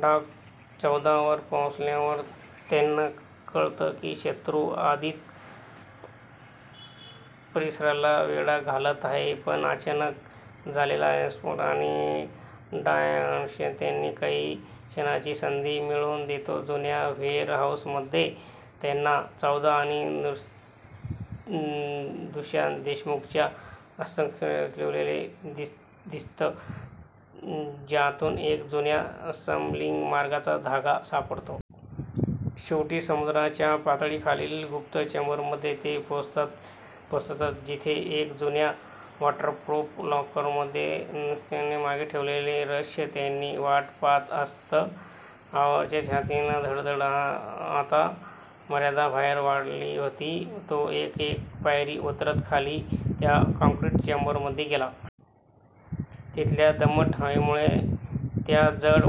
Dock चौदा वर पोहोचल्यावर त्यांना कळतं की शत्रू आधीच परिसराला वेढा घालत आहे, पण अचानक झालेला स्फोट आणि डायव्हर्शन त्यांना काही क्षणांची संधी मिळवून देतो. जुन्या वेअरहाऊसमध्ये त्यांना "चौदा " आणि दुष्यंत देशमुखच्या हस्ताक्षरात लिहिलेलं दिसतं, ज्यातून एका जुन्या स्मगलिंग मार्गाचा धागा सापडतो. शेवटी समुद्राच्या पातळीखालील गुप्त चेंबरमध्ये ते पोहोचतात, जिथे एका जुन्या वॉटरप्रूफ लॉकरमध्ये दुष्यंतने मागे ठेवलेलं रहस्य त्यांची वाट पाहत असतं. आरवच्या छातीतली धडधड आता मर्यादेबाहेर वाढली होती. तो एक-एक पायरी उतरत खाली त्या काँक्रीट चेंबरमध्ये गेला. तिथल्या दमट हवेमुळे त्या जड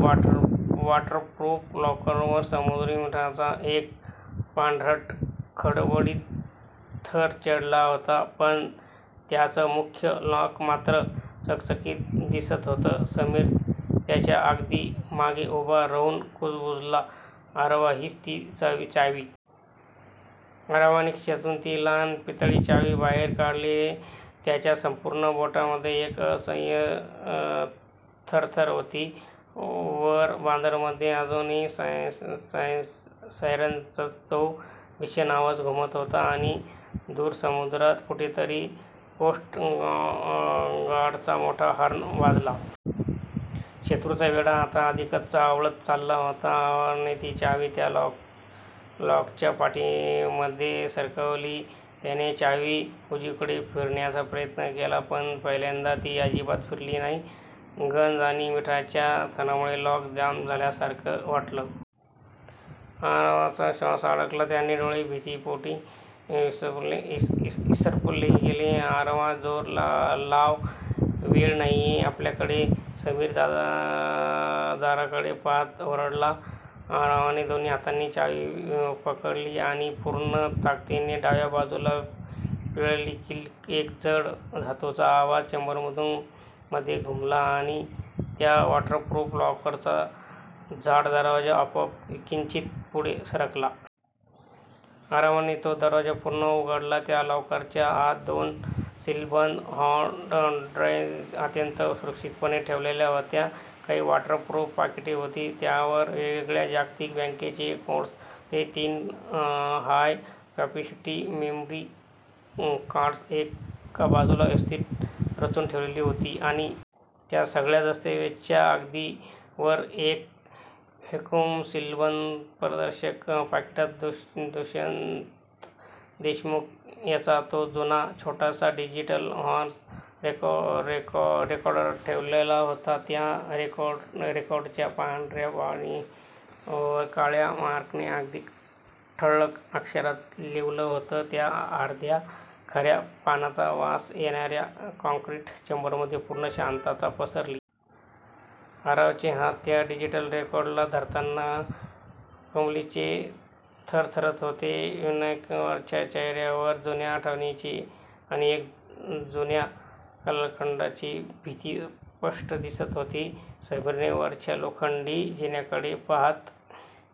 वॉटरप्रूफ लॉकरवर समुद्री मिठाचा एक पांढरट, खडबडीत थर चढला होता. पण त्याचं मुख्य लॉक मात्र चकचकीत दिसत होतं. समीर त्याच्या अगदी मागे उभा राहून कुजबुजला, "आरव, हीच ती चावी? आरवने खिशातून ती लहान, पितळी चावी बाहेर काढली. त्याच्या संपूर्ण बोटांमध्ये एक असह्य थरथर होती. वर बंदरामध्ये अजूनही सायरन्सचा तो भीषण आवाज घुमत होता आणि दूर समुद्रात कुठेतरी कोस्ट गार्डचा मोठा हॉर्न वाजला. शत्रूचा वेढा आता अधिकच आवळत चालला होता. आरवने ती चावी त्या लॉकच्या फटीमध्ये सरकवली. त्याने चावी उजवीकडे फिरवण्याचा प्रयत्न केला, पण पहिल्यांदा ती अजिबात फिरली नाही. गंज आणि मिठाच्या थरामुळे लॉक जाम झाल्यासारखं वाटलं. आरवचा श्वास अडकला. त्याचे डोळे भीतीपोटी विस्फारले गेले. "आरव, जोर लाव! वेळ नाहीये आपल्याकडे! " समीर दाराकडे पाहत ओरडला. आरवने दोन्ही हातांनी चावी पकडली आणि पूर्ण ताकदीने डाव्या बाजूला पिळली. क्लिक. एक जड, धातूचा आवाज चेंबरमध्ये घुमला आणि त्या वॉटरप्रूफ लॉकरचा जड दरवाजा आपोआप किंचित पुढे सरकला. आरवने तो दरवाजा पूर्ण उघडला. त्या लॉकरच्या आत दोन सीलबंद हार्ड ड्राईव्ह्ज अत्यंत सुरक्षितपणे ठेवलेल्या होत्या. काही वॉटरप्रूफ पाकिटे होती, ज्यांवर वेगवेगळ्या जागतिक बँकांचे कोड्स होते. तीन हाय-कॅपेसिटी मेमरी कार्ड्स एका बाजूला व्यवस्थित रचून ठेवलेली होती आणि... त्या सगळ्या दस्तऐवजांच्या अगदी वर, एका व्हॅक्यूम-सीलबंद पारदर्शक पाकिटात दुष्यंत देशमुख यांचा तो जुना, छोटासा डिजिटल व्हाईस रेकॉर्डर ठेवलेला होता. त्या रेकॉर्डरच्या पांढऱ्या बॉडीवर काळ्या मार्करने अगदी ठळक अक्षरात लिहिलं होतं. त्या अंधाऱ्या, खाऱ्या पाण्याचा वास येणाऱ्या काँक्रीट चेंबरमध्ये पूर्ण शांतता पसरली. आरवचे हात त्या डिजिटल रेकॉर्डरला धरताना कमालीचे थरथरत होते. विनायकरावांच्या चेहऱ्यावर जुन्या आठवणींची आणि एका जुन्या कालखंडाची भीती स्पष्ट दिसत होती. समीरने वरच्या लोखंडी जिन्याकडे पाहत